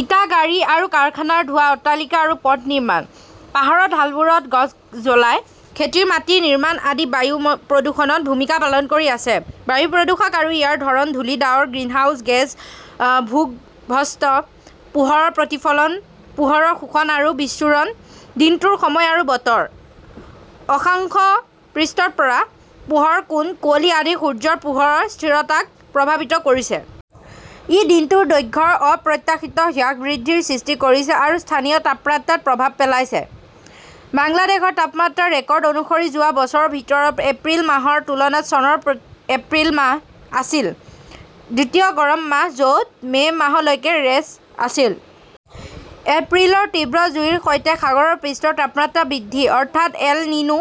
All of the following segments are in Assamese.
ইটা, গাড়ী আৰু কাৰখানাৰ ধোঁৱা, অট্টালিকা আৰু পথ নিৰ্মাণ, পাহাৰৰ ঢালবোৰত গছ জ্বলাই খেতিৰ মাটি নিৰ্মাণ আদি বায়ু প্ৰদূষণত ভূমিকা পালন কৰি আছে। বায়ু প্ৰদূষক আৰু ইয়াৰ ধৰণ, ধূলি, ডাৱৰ, গ্ৰিনহাউজ গেছ, ভূগৰ্ভস্থ পোহৰৰ প্ৰতিফলন, পোহৰৰ শোষণ আৰু বিচ্ছুৰণ, দিনটোৰ সময় আৰু বতৰ, অক্ষাংশ, পৃষ্ঠত পৰা পোহৰৰ কোণ, কুঁৱলী আদি সূৰ্যৰ পোহৰৰ স্থিৰতাক প্ৰভাৱিত কৰিছে। ই দিনটোৰ দৈৰ্ঘ্যৰ অপ্ৰত্যাশিত হ্ৰাস-বৃদ্ধিৰ সৃষ্টি কৰিছে আৰু স্থানীয় তাপমাত্ৰাত প্ৰভাৱ পেলাইছে। বাংলাদেশৰ তাপমাত্ৰাৰ ৰেকৰ্ড অনুসৰি যোৱা বছৰৰ ভিতৰত এপ্ৰিল মাহৰ তুলনাত চনৰ এপ্ৰিল মাহ আছিল দ্বিতীয় গৰম মাহ য'ত মে' মাহলৈকে ৰেচ আছিল। এপ্ৰিলৰ তীব্ৰ জুইৰ সৈতে সাগৰ পৃষ্ঠৰ তাপমাত্ৰা বৃদ্ধি, অৰ্থাৎ এল-নিনো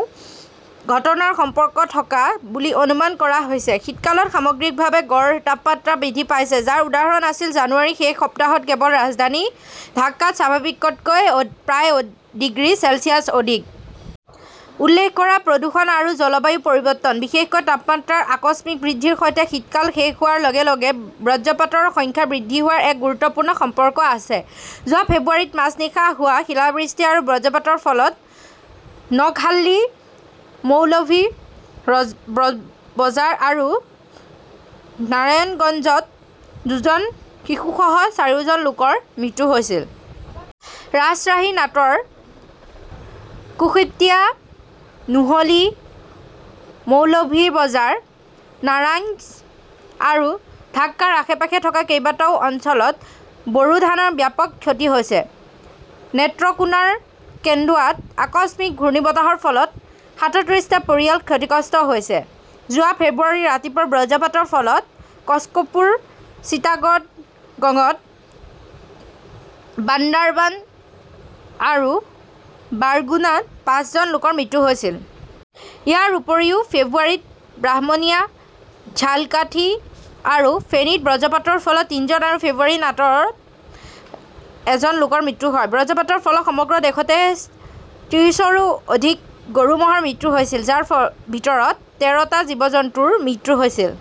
ঘটনাৰ সম্পৰ্ক থকা বুলি অনুমান কৰা হৈছে। শীতকালত সামগ্ৰিকভাৱে গড় তাপমাত্ৰা বৃদ্ধি পাইছে, যাৰ উদাহৰণ আছিল জানুৱাৰী শেষ সপ্তাহত কেৱল ৰাজধানী ঢাকাত স্বাভাৱিকতকৈ প্ৰায় ডিগ্ৰী চেলছিয়াছ অধিক। উল্লেখ কৰা প্ৰদূষণ আৰু জলবায়ু পৰিৱৰ্তন, বিশেষকৈ তাপমাত্ৰাৰ আকস্মিক বৃদ্ধিৰ সৈতে শীতকাল শেষ হোৱাৰ লগে লগে বজ্ৰপাতৰ সংখ্যা বৃদ্ধি হোৱাৰ এক গুৰুত্বপূৰ্ণ সম্পৰ্ক আছে। যোৱা ফেব্ৰুৱাৰীত মাজনিশা হোৱা শিলাবৃষ্টি আৰু বজ্ৰপাতৰ ফলত নকহাল্লি, মৌলভি ব্ৰ ব্ৰ ব্ৰজাৰ আৰু নাৰায়ণগঞ্জত দুজন শিশুসহ চাৰিওজন লোকৰ মৃত্যু হৈছিল। ৰাজশ্বাহী, নাট 'ৰ, কুশ্তিয়া, নোহলী, মৌলভি বজাৰ, নাৰাংইজ আৰু ঢাকাৰ আশে-পাশে থকা কেইবাটাও অঞ্চলত বৰো ধানৰ ব্যাপক ক্ষতি হৈছে। নেত্ৰকোনাৰ কেন্দুৱাত আকস্মিক ঘূৰ্ণীবতাহৰ ফলত সাতত্ৰিছটা পৰিয়াল ক্ষতিগ্ৰস্ত হৈছে। যোৱা ফেব্ৰুৱাৰীৰ ৰাতিপুৱা বজ্ৰপাতৰ ফলত কক্সপুৰ, চিটাগঙত, বান্দাৰবান আৰু বাৰগুনাত পাঁচজন লোকৰ মৃত্যু হৈছিল। ইয়াৰ উপৰিও ফেব্ৰুৱাৰীত ব্ৰাহ্মণিয়া, ঝালকাঠি আৰু ফেনীত বজ্ৰপাতৰ ফলত তিনিজন আৰু ফেব্ৰুৱাৰীত নাটৰত এজন লোকৰ মৃত্যু হয়। বজ্ৰপাতৰ ফলত সমগ্ৰ দেশতে ত্ৰিছৰো অধিক গৰু-ম'হৰ মৃত্যু হৈছিল, যাৰ ভিতৰত তেৰটা জীৱ-জন্তুৰ মৃত্যু হৈছিল।